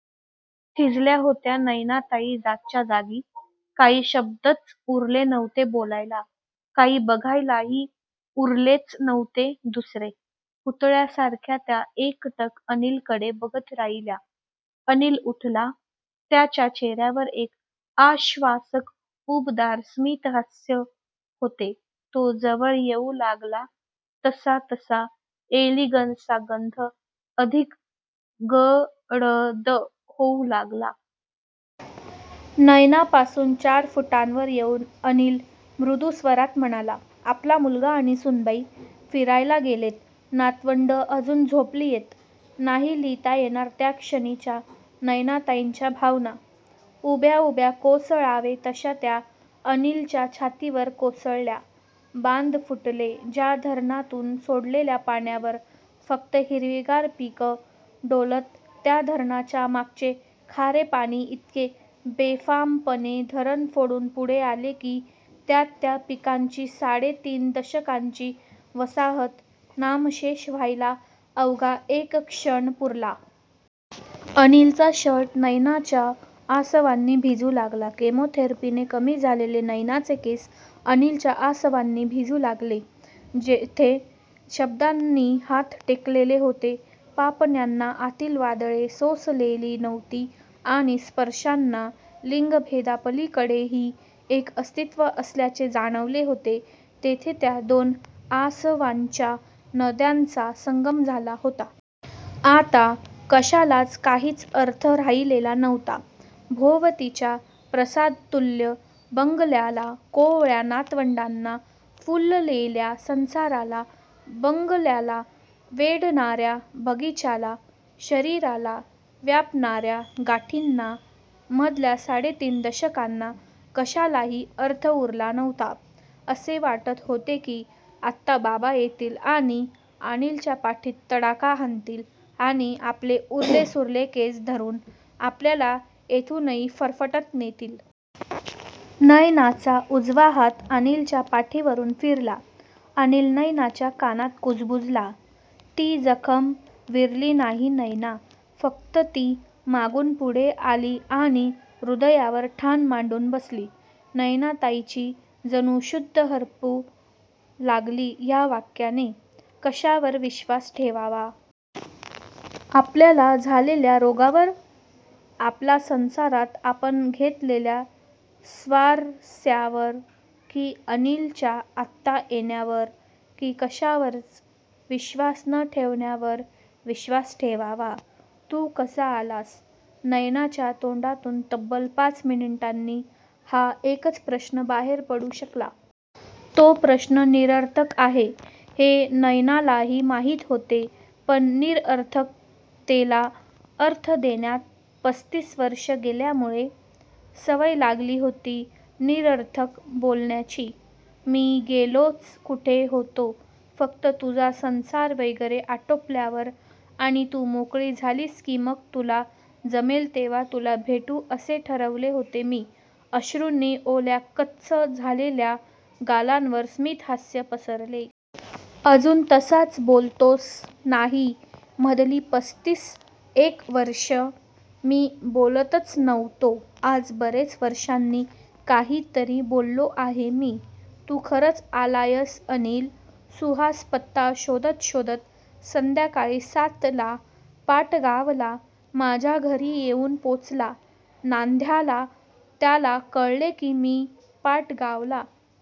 थिजल्या होत्या नयनाताई! जागच्याजागी! काही शब्दच उरले नव्हते बोलायला. काही बघायलाही उरलेच नव्हते दुसरे! पुतळ्यासारख्या त्या एकटक अनिलकडे बघत राहिल्या. अनिल उठला. त्याच्या चेहर्यावर एक आश्वासक उबदार स्मितहास्य होते. तो जवळ येऊ लागला तसतसा 'एलिगन्स'चा गंध अधिक गडद होऊ लागला. नयनापासून चार फुटांवर येऊन अनिल मृदू स्वरात म्हणाला"आपला मुलगा आणि सूनबाई फिरायला गेलेत. नातवंडं अजून झोपलीयत"नाही लिहिता येणार त्या क्षणीच्या नयनाताईंच्या भावना! उभ्या उभ्या कोसळावे तश्या त्या अनिलच्या छातीवर कोसळल्या. बांध फुटले. ज्या धरणातून सोडलेल्या पाण्यावर फक्त हिरवीगार पिके डोलत त्या धरणाच्या मागचे खारे पाणी इतके बेफामपणे धरण फोडून पुढे आले की त्यात त्या पिकांची साडे तीन दशकांची वसाहत नामशेष व्हायला अवघा एक क्षण पुरला. अनिलचा शर्ट नयनाच्या आसवांनी भिजू लागला. केमोथेरपीने कमी झालेले नयनाचे केस अनिलच्या आसवांनी भिजू लागले. जेथे शब्दांनी हात टेकलेले होते, पापण्यांना आतील वादळे सोसलेली नव्हती आणि स्पर्शांना लिंगभेदापलीकडेही एक अस्तित्व असल्याचे जाणवले होते तेथे त्या दोन आसवांच्या नद्यांचा संगम झाला होता. आता कशालाच काहीच अर्थ राहिलेला नव्हता. भोवतीच्या प्रासादतूल्य बंगल्याला, कोवळ्या नातवंडांना, फुललेल्या संसाराला, बंगल्याला वेढणार्या बगीच्याला, शरीराला व्यापणार्या गाठींना, मधल्या साडे तीन दशकांना! कशालाही अर्थ उरला नव्हता. असे वाटत होते की आत्ता बाबा येतील आणि अनिलच्या पाठीत तडाखा हाणतील आणि आपले उरले सुरले केस धरून आपल्याला येथूनही फरफटत नेतील. नयनाचा उजवा हात अनिलच्या पाठीवरून फिरला. अनिल नयनाच्या कानात कुजबुजला. "ती जखम विरली नाही नयना, फक्त ती मागून पुढे आली आणि हृदयावर ठाण मांडून बसली"नयनाताईंची जणू शुद्ध हरपू लागली ह्या वाक्याने! कशावर विश्वास ठेवावा? आपल्याला झालेल्या रोगावर? आपल्या संसारात आपण घेतलेल्या स्वारस्यावर? की अनिलच्या आत्ता येण्यावर? की कशावरच विश्वास न ठेवण्यावर विश्वास ठेवावा? "तू कसा आलास? "नयनाच्या तोंडातून तब्बल पाच मिनिटांनी हा एकच प्रश्न बाहेर पडू शकला. तो प्रश्न निरर्थक आहे हे नयनालाही माहीत होते, पण निरर्थकतेला अर्थ देण्यात पस्तीस वर्षे गेल्यामुळे सवय लागली होती निरर्थक बोलण्याची! "मी गेलोच कुठे होतो? फक्त तुझा संसार वगैरे आटोपल्यावर आणि तू मोकळी झालीस की मग तुला जमेल तेव्हा तुला भेटू असे ठरवले होते मी"अश्रूंनी ओल्या कच्च झालेल्या गालांवर स्मितहास्य पसरले. "अजून तसाच बोलतोस? ""नाही, मधली पस्तीस एक वर्षे मी बोलतच नव्हतो, आज बरेच वर्षांनी काहीतरी बोललो आहे मी""तू खरंच आलायस अनिल? ""सुहास पत्ता शोधत शोधत संध्याकाळी सातला पाटगावला माझ्या घरी येऊन पोचला. नांद्याला त्याला कळले की मी पाटगावला